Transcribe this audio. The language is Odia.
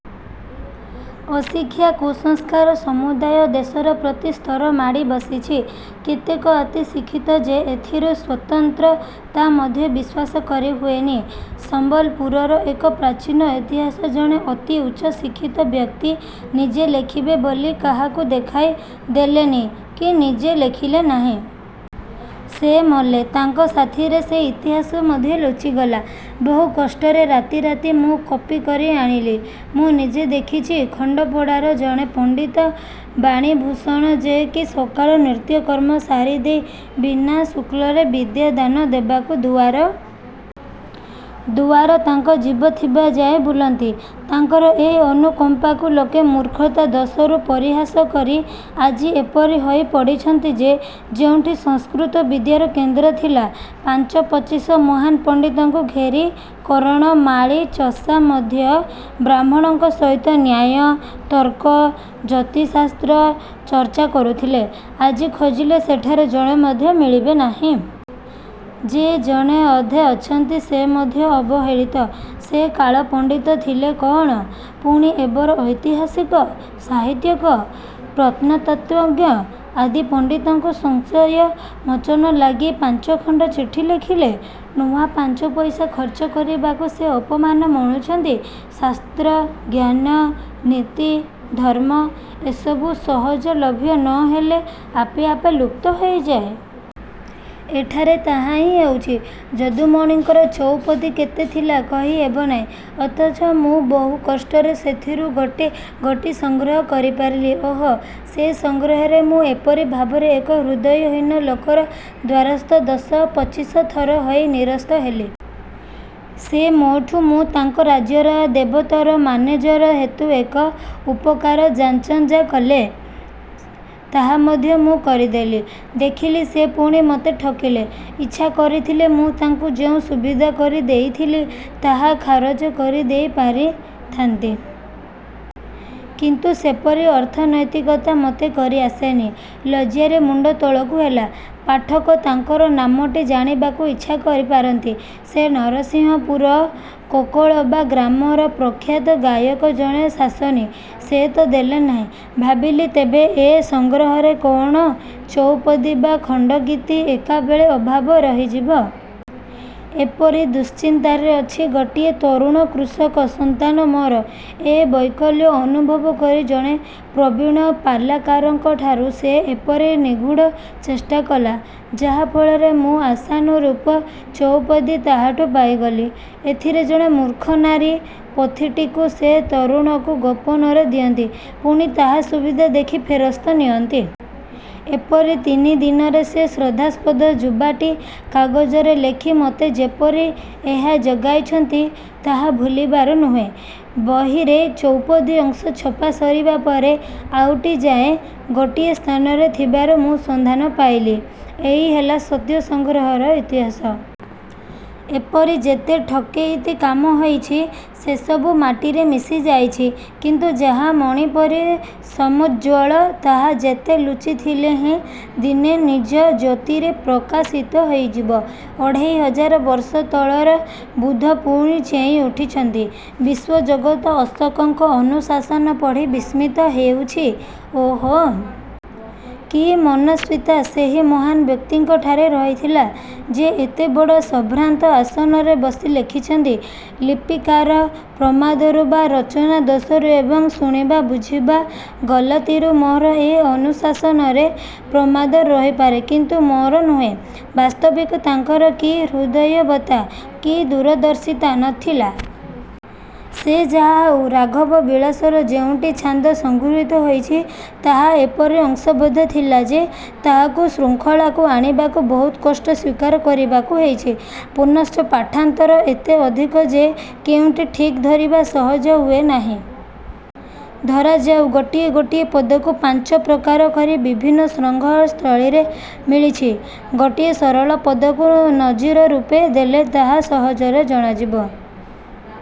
ଅଶିକ୍ଷା, କୁସଂସ୍କାର ସମୁଦାୟ ଦେଶର ପ୍ରତି ସ୍ତର ମାଡ଼ିବସିଛି। କେତେକ ଅତି ଶିକ୍ଷିତ ଯେ ଏଥିରୁ ସ୍ୱତନ୍ତ୍ର, ତା ମଧ୍ୟ ବିଶ୍ୱାସ କରି ହୁଏନି। ସମ୍ବଲପୁରର ଏକ ପ୍ରାଚୀନ ଇତିହାସ ଜଣେ ଅତି ଉଚ୍ଚଶିକ୍ଷିତ ବ୍ୟକ୍ତି ନିଜେ ଲେଖିବେ ବୋଲି କାହାକୁ ଦେଖାଇ ଦେଲେନି କି ନିଜେ ଲେଖିଲେ ନାହିଁ-। ସେ ମଲେ, ତାଙ୍କ ସାଥିରେ ସେ ଇତିହାସ ମଧ୍ୟ ଲୁଚିଗଲା। ବହୁକଷ୍ଟରେ ରାତି ରାତି ମୁଁ କପି କରି ଆଣିଲି। ମୁଁ ନିଜେ ଦେଖିଛି ଖଣ୍ଡପଡ଼ାର ଜଣେ ପଣ୍ଡିତ ବାଣୀଭୂଷଣ ଯେ କି ସକାଳୁ ନିତ୍ୟକର୍ମ ସାରିଦେଇ ବିନା ଶୁଳ୍କରେ ବିଦ୍ୟା ଦାନ ଦେବାକୁ ଦୁଆର ଦୁଆର ତାଙ୍କ ଜୀବ ଥିବାଯାଏ ବୁଲନ୍ତି, ତାଙ୍କର ଏ ଅନୁକମ୍ପାକୁ ଲୋକେ ମୂର୍ଖତା ଦୋଷରୁ ପରିହାସ କରି ଆଜି ଏପରି ହୋଇ ପଡ଼ିଛନ୍ତି ଯେ, ଯେଉଁଠି ସଂସ୍କୃତ ବିଦ୍ୟାର କେନ୍ଦ୍ର ଥିଲା, ପାଞ୍ଚ ପଚିଶ ମହାନ ପଣ୍ଡିତଙ୍କୁ ଘେରି କରଣ, ମାଳୀ, ଚଷା ମଧ୍ୟ ବ୍ରାହ୍ମଣଙ୍କ ସହିତ ନ୍ୟାୟ, ତର୍କ, ଜ୍ୟୋତିଃଶାସ୍ତ୍ର ଚର୍ଚ୍ଚା କରୁଥିଲେ, ଆଜି ଖୋଜିଲେ ସେଠାରେ ଜଣେ ମଧ୍ୟ ମିଳିବେ ନାହିଁ। ଯେ ଜଣେ ଅଧେ ଅଛନ୍ତି ସେ ମଧ୍ୟ ଅବହେଳିତ। ସେ କାଳ ପଣ୍ଡିତ ଥିଲେ କ'ଣ? ପୁଣି ଏବର ଐତିହାସିକ, ସାହିତ୍ୟକ, ପ୍ରତ୍ନତତ୍ତ୍ୱଜ୍ଞ, ଆଦି ପଣ୍ଡିତଙ୍କୁ ସଂଶୟ ମୋଚନ ଲାଗି ପାଞ୍ଚଖଣ୍ଡ ଚିଠି ଲେଖିଲେ, ନୂଆ ପାଞ୍ଚପଇସା ଖର୍ଚ୍ଚ କରିବାକୁ ସେ ଅପମାନ ମଣୁଛନ୍ତି। ଶାସ୍ତ୍ର, ଜ୍ଞାନ, ନୀତି, ଧର୍ମ ଏସବୁ ସହଜଲଭ୍ୟ ନ ହେଲେ ଆପେ ଆପେ ଲୁପ୍ତ ହୋଇଯାଏ। ଏଠାରେ ତାହା ହିଁ ହେଉଛି। ଯଦୁମଣିଙ୍କର ଚଉପଦୀ କେତେ ଥିଲା କହିହେବ ନାହିଁ। ଅଥଚ ମୁଁ ବହୁ କଷ୍ଟରେ ସେଥିରୁ ମୋଟେ ଗୋଟି ସଂଗ୍ରହ କରିପାରିଲି। ଓହୋ! ସେ ସଂଗ୍ରହରେ ମୁଁ ଏପରି ଭାବରେ ଏକ ହୃଦୟହୀନ ଲୋକର ଦ୍ୱାରସ୍ଥ ଦଶ ପଚିଶ ଥର ହୋଇ ନିରସ୍ତ ହେଲି। ସେ ମୋଠୁ ମୁଁ ତାଙ୍କ ରାଜ୍ୟର ଦେବୋତ୍ତର ମାନେଜର ହେତୁ ଏକ ଉପକାର ଯାଚଞ୍ଜା କଲେ। ତାହା ମଧ୍ୟ ମୁଁ କରିଦେଲି-। ଦେଖିଲି ସେ ପୁଣି ମତେ ଠକିଲେ। ଇଚ୍ଛା କରିଥିଲେ ମୁଁ ତାଙ୍କୁ ଯେଉଁ ସୁବିଧା କରି ଦେଇଥିଲି, ତାହା ଖାରଜ କରିଦେଇ ପାରିଥାନ୍ତି। କିନ୍ତୁ ସେପରି ଅନୈତିକତା ମତେ କରି ଆସେନି-। ଲଜ୍ଜାରେ ମୁଣ୍ଡ ତଳକୁ ହେଲା। ପାଠକ ତାଙ୍କର ନାମଟି ଜାଣିବାକୁ ଇଚ୍ଛା କରି ପାରନ୍ତି। ସେ ନରସିଂହପୁର କୋକଳବା ଗ୍ରାମର ପ୍ରଖ୍ୟାତ ଗାୟକ ଜଣେ ଶାସନୀ। ସେ ତ ଦେଲେ ନାହିଁ, ଭାବିଲି ତେବେ ଏ ସଂଗ୍ରହରେ କ'ଣ ଚଉପଦୀ ବା ଖଣ୍ଡଗୀତି ଏକାବେଳେ ଅଭାବ ରହିଯିବ? ଏପରି ଦୁଶ୍ଚିନ୍ତାରେ ଅଛି, ଗୋଟିଏ ତରୁଣ କୃଷକ ସନ୍ତାନ ମୋର ଏ ବୈକଲ୍ୟ ଅନୁଭବ କରି ଜଣେ ପ୍ରବୀଣ ପାଲାକାରଙ୍କଠାରୁ ସେ ଏପରି ନିଗୂଢ଼ ଚେଷ୍ଟାକଲା, ଯାହା ଫଳରେ ମୁଁ ଆଶାନୁରୂପ ଚଉପଦୀ ତାହାଠୁ ପାଇଗଲି। ଏଥିରେ ଜଣେ ମୂର୍ଖ ନାରୀ ପୋଥିଟିକୁ ସେ ତରୁଣକୁ ଗୋପନରେ ଦିଅନ୍ତି, ପୁଣି ତାହା ସୁବିଧା ଦେଖି ଫେରସ୍ତ ନିଅନ୍ତି। ଏପରି ତିନି ଦିନରେ ସେ ଶ୍ରଦ୍ଧାସ୍ପଦ ଯୁବାଟି କାଗଜରେ ଲେଖି ମତେ ଯେପରି ଏହା ଯୋଗାଇଛନ୍ତି, ତାହା ଭୁଲିବାର ନୁହେଁ। ବହିରେ ଚୌପଦୀ ଅଂଶ ଛପା ସରିବା ପରେ ଆଉ ଟି ଯାଏ ଗୋଟିଏ ସ୍ଥାନରେ ଥିବାର ମୁଁ ସନ୍ଧାନ ପାଇଲି। ଏଇ ହେଲା ସତ୍ୟ ସଂଗ୍ରହର ଇତିହାସ। ଏପରି ଯେତେ ଠକେଇତି କାମ ହୋଇଛି, ସେସବୁ ମାଟିରେ ମିଶିଯାଇଛି। କିନ୍ତୁ ଯାହା ମଣି ପରି ସମୂଜ୍ଜ୍ୱଳ ତାହା ଯେତେ ଲୁଚିଥିଲେହେଁ ଦିନେ ନିଜ ଜ୍ୟୋତିରେ ପ୍ରକାଶିତ ହୋଇଯିବ। ଅଢ଼େଇ ହଜାର ବର୍ଷ ତଳର ବୁଦ୍ଧ ପୁଣି ଚେଇଁ ଉଠିଛନ୍ତି। ବିଶ୍ୱଜଗତ ଅଶୋକଙ୍କ ଅନୁଶାସନ ପଢ଼ି ବିସ୍ମିତ ହେଉଛି - ଓହୋ! କି ମନସ୍ୱିତା ସେହି ମହାନ ବ୍ୟକ୍ତିଙ୍କଠାରେ ରହିଥିଲା। ଯେ ଏତେବଡ଼ ସଂଭ୍ରାନ୍ତ ଆସନରେ ବସି ଲେଖିଛନ୍ତି - ଲିପିକାର ପ୍ରମାଦରୁ ବା ରଚନା ଦୋଷରୁ ଏବଂ ଶୁଣିବା ବୁଝିବା ଗଲତିରୁ ମୋର ଏ ଅନୁଶାସନରେ ପ୍ରମାଦ ରହିପାରେ କିନ୍ତୁ ମୋର ନୁହେଁ। ବାସ୍ତବିକ ତାଙ୍କର କି ହୃଦୟବତ୍ତା, କି ଦୁରଦର୍ଶିତା ନ ଥିଲା। ସେ ଯାହାହେଉ - ରାଘବ ବିଳାସର ଯେଉଁ ଟି ଛାନ୍ଦ ସଂଗୃହୀତ ହୋଇଛି ତାହା ଏପରି ଅସଂବଦ୍ଧ ଥିଲା ଯେ ତାହାକୁ ଶୃଙ୍ଖଳାକୁ ଆଣିବାକୁ ବହୁତ କଷ୍ଟ ସ୍ୱୀକାର କରିବାକୁ ହୋଇଛି-। ପୁନଶ୍ଚ ପାଠାନ୍ତର ଏତେ ଅଧିକ ଯେ କେଉଁଟି ଠିକ ଧରିବା ସହଜ ହୁଏ ନାହିଁ। ଧରାଯାଉ ଗୋଟିଏ ଗୋଟିଏ ପଦକୁ ପାଞ୍ଚ ପ୍ରକାର କରି ବିଭିନ୍ନ ସଂଗ୍ରହସ୍ଥଳୀରୁ ମିଳିଛି। ଗୋଟିଏ ସରଳ ପଦକୁ ନଜିରରୂପେ ଦେଲେ ତାହା ସହଜରେ ଜଣାଯିବ।